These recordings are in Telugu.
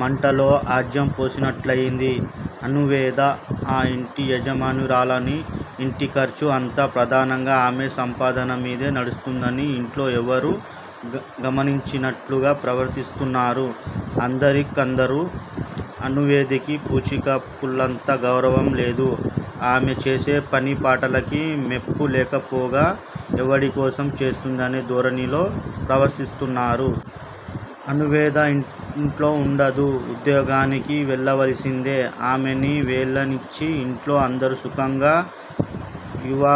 మంటలో ఆజ్యం పోసినట్లయింది. అణువేద ఆ ఇంటి యజమానురాలని, ఇంటి ఖర్చు అంతా ప్రధానంగా ఆమె సంపాదన మీదే నడుస్తోందని యింట్లో ఎవరూ గ గమనించినట్లుగా ప్రవర్తిస్తున్నారు అందరి కందరు. అణువేదకి పూచికపుల్లంత గౌరవం లేదు. ఆమె చేసే పనిపాటలకి మెప్పులేకపోగా ఎవడి కోసం చేస్తుంది అనే ధోరణిలో ప్రవర్తిస్తున్నారు. అణువేద యింట్లో వుండదు. ఉద్యోగానికి వెళ్ళవలసిందే. ఆమెని వెళ్ళనిచ్చి యింట్లో అందరూ సుఖంగా యెవ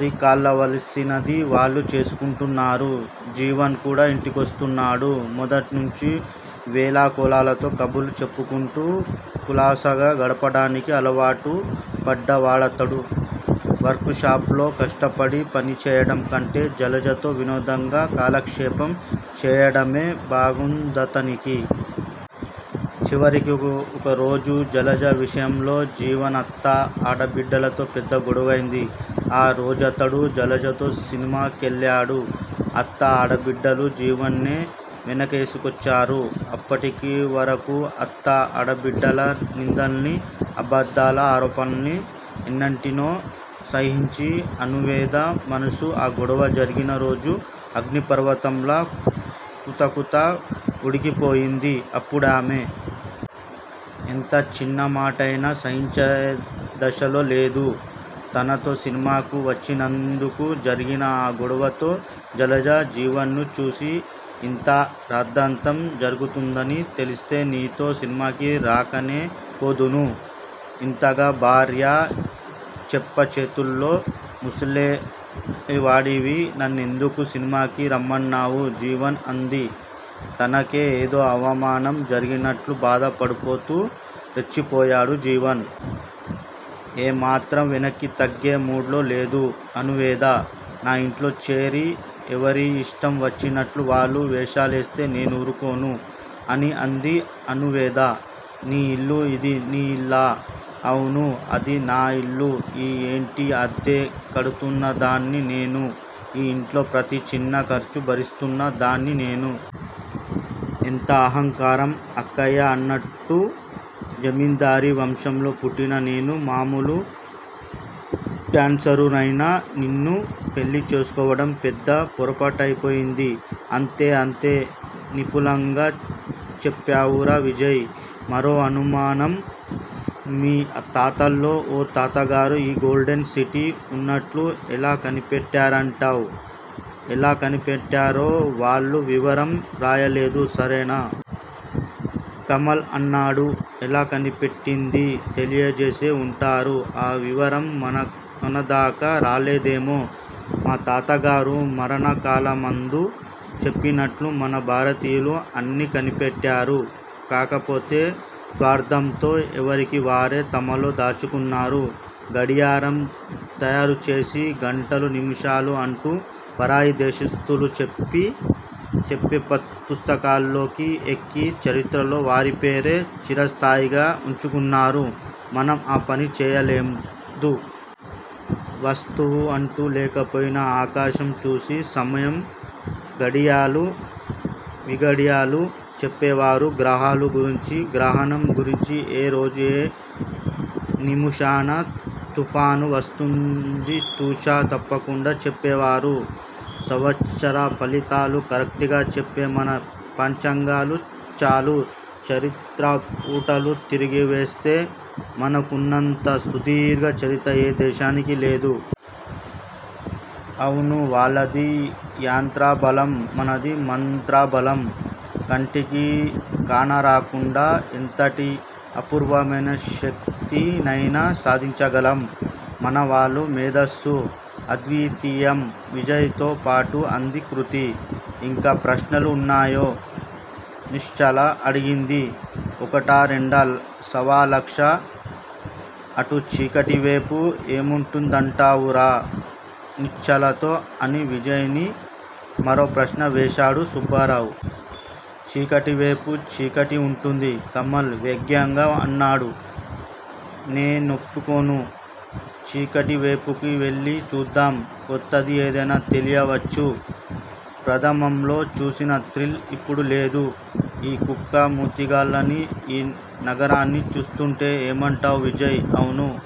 రిక్కావలసినది వాళ్ళు చేసుకుంటున్నారు. జీవన్ కూడా ఇంటికొచ్చేస్తున్నాడు. మొదట్నించి వేళాకొళాలతో కబుర్లు చెప్పుకుంటూ కులాసాగా గడపడానికి అలావాటు పడ్డ వాడతను వర్కు షాప్ లో కష్టపడి పనిచేయడం కంటే జలజతో వినోదంగా కాలక్షేపం చేయడమే బాగుందతనికి. చివరికి ఓరోజు జలజ విషయంలో జీవన్, అత్త, ఆడబిడ్డలతో పెద్ద గోడవైంది. ఆ రోజతడు జలజతో సినిమా కెళ్ళాడు. అత్త ఆడబిడ్డలు జీవన్ నే వెనకేసుకొచ్చారు. అప్పటివరకూ అత్తా, ఆడబిడ్డల నిందల్ని, అబద్దాల ఆరోపణల్ని, ఎన్నింటినో సహించి అణువేద మనసు ఆ గొడవ జరిగిన రోజు అగ్ని పర్వతంలా కుతకుత ఉడికిపోయింది అప్పుడామే. ఎంత చిన్నమాటైనా సహించేదశలో లేదు. తనతో సినిమాకు వచ్చినందుకు జరిగిన ఆ గొడవతో జలజ జీవన్ ని చూసి, ఇంత రాద్ద్దాంతం జరుగుతుందని తెలిస్తే నీతో సినిమాకి రాకనే పోదును. ఇంతగా భార్య చెప్పుచేతల్లో మసిలేవాడివి నన్నెందుకు సినిమాకి రమ్మన్నావు జీవన్ అంది. తనకే ఏదో అవమానం జరిగినట్లు బాధ పడిపోతూ రెచ్చిపోయాడు జీవన్. ఏమాత్రం వెనక్కి తగ్గే మూడ్ లో లేదు అణువేద. నాయింట్లో చేరి ఎవరి యిష్టం వచ్చినట్లు వాళ్ళు వేషాలేస్తే నేనూరుకొను అని అంది అణువేద. నీ ఇల్లు ఇది నీ ఇల్లా? అవును అది నా ఇల్లు ఈ యింటి అద్దె కడుతున్నదాన్ని నేను. ఈ యింట్లో ప్రతి చిన్న ఖర్చు భరిస్తున్న దాన్ని నేను. ఎంత అహంకారం! అక్కయ్య అన్నట్లు జమిందారీ వంశంలో పుట్టిన నేను మాములు డాన్సరునైన నిన్ను పెళ్ళి చేసుకోవడం పెద్ద పోరాపాటైపోయింది. అంతే అంతే. నిపులంగా చెప్పావురా విజయ్! మరో అనుమానం మీ తాతల్లో ఓ తాతగారు ఈ గోల్డెన్ సిటీ వున్నట్లు ఎలా కనిపెట్టారంటావ్? ఎలా కనిపెట్టారో వాళ్ళు వివరం రాయలేదు సరేనా? కమల్ అన్నాడు. ఎలా కనిపెట్టిందీ తెలియజేసే వుంటారు ఆ వివరం మనదాకా రాలేదేమో! మాతాతగారు మరణ కాలమందు చెప్పినట్లు మన భారతీయులు అన్నీ కనిపెట్టారు. కాకపోతే స్వార్దంతో ఎవరికీ వారే తమలో దాచుకున్నారు గడియారం తయారుచేసి గంటలు నిముషాలు అంటూ పరాయి దేశస్తులు చెప్పి పుస్తకాల్లోకి ఎక్కి చరిత్రలో వారిపేరు చిరస్థాయిగా ఉంచుకున్నారు మనం ఆ పని చేయలేదు. వస్తువు అంటూ లేకపోయినా ఆకాశం చూసి సమయం ఘడియలు విఘడియలు, చెప్పేవారు గ్రహాల గురించి గ్రహణం గురించి ఏ రోజు ఏ నిముషాన తుఫాను వస్తుంది తుచ తప్పకుండా చెప్పేవారు. సవంత్సర ఫలితాలు కరెక్ట్ గా చెప్పే మన పంచాంగాలు చాలు చరిత్ర పుటలు తిరగవేస్తె మనకున్నంత సుదీర్ఘ చరిత్ర ఏ దేశానికీ లేదు. అవును వాళ్ళది యంత్రబలం మనది మంత్ర బాలం. కంటికి కానరాకుండా ఎంతటి అపూర్వమైన శక్తినయినా సాధించగలం. మన వాళ్ళ మేధస్సు అద్వితీయం విజయ్ తో పాటు అంది కృతి. ఇంకా ప్రశ్నలు వున్నాయో? నిశ్చల అడిగింది. ఒకటా రెండా సవాలక్ష. అటు చీకటివేపు ఏముందంటావురా? నిశ్చలతో అని విజయ్ ని మరో ప్రశ్న వేశాడు సుబ్బారావు. చీకటివేపు చీకటే వుంటుంది కమల్ వ్యగ్యంగా అన్నాడు. నే నొప్పుకొను. చీకటివేపుకి వెళ్ళి చూద్దాం. కొత్తది ఏదైనా తెలియవచ్చు. ప్రధమంలో చూసిన థ్రిల్ ఇప్పుడు లేదు. ఈ కుక్క మూతిగాళ్ళని ఈ నగరాన్ని చూస్తుంటే. ఏమంటావు విజయ్! అవును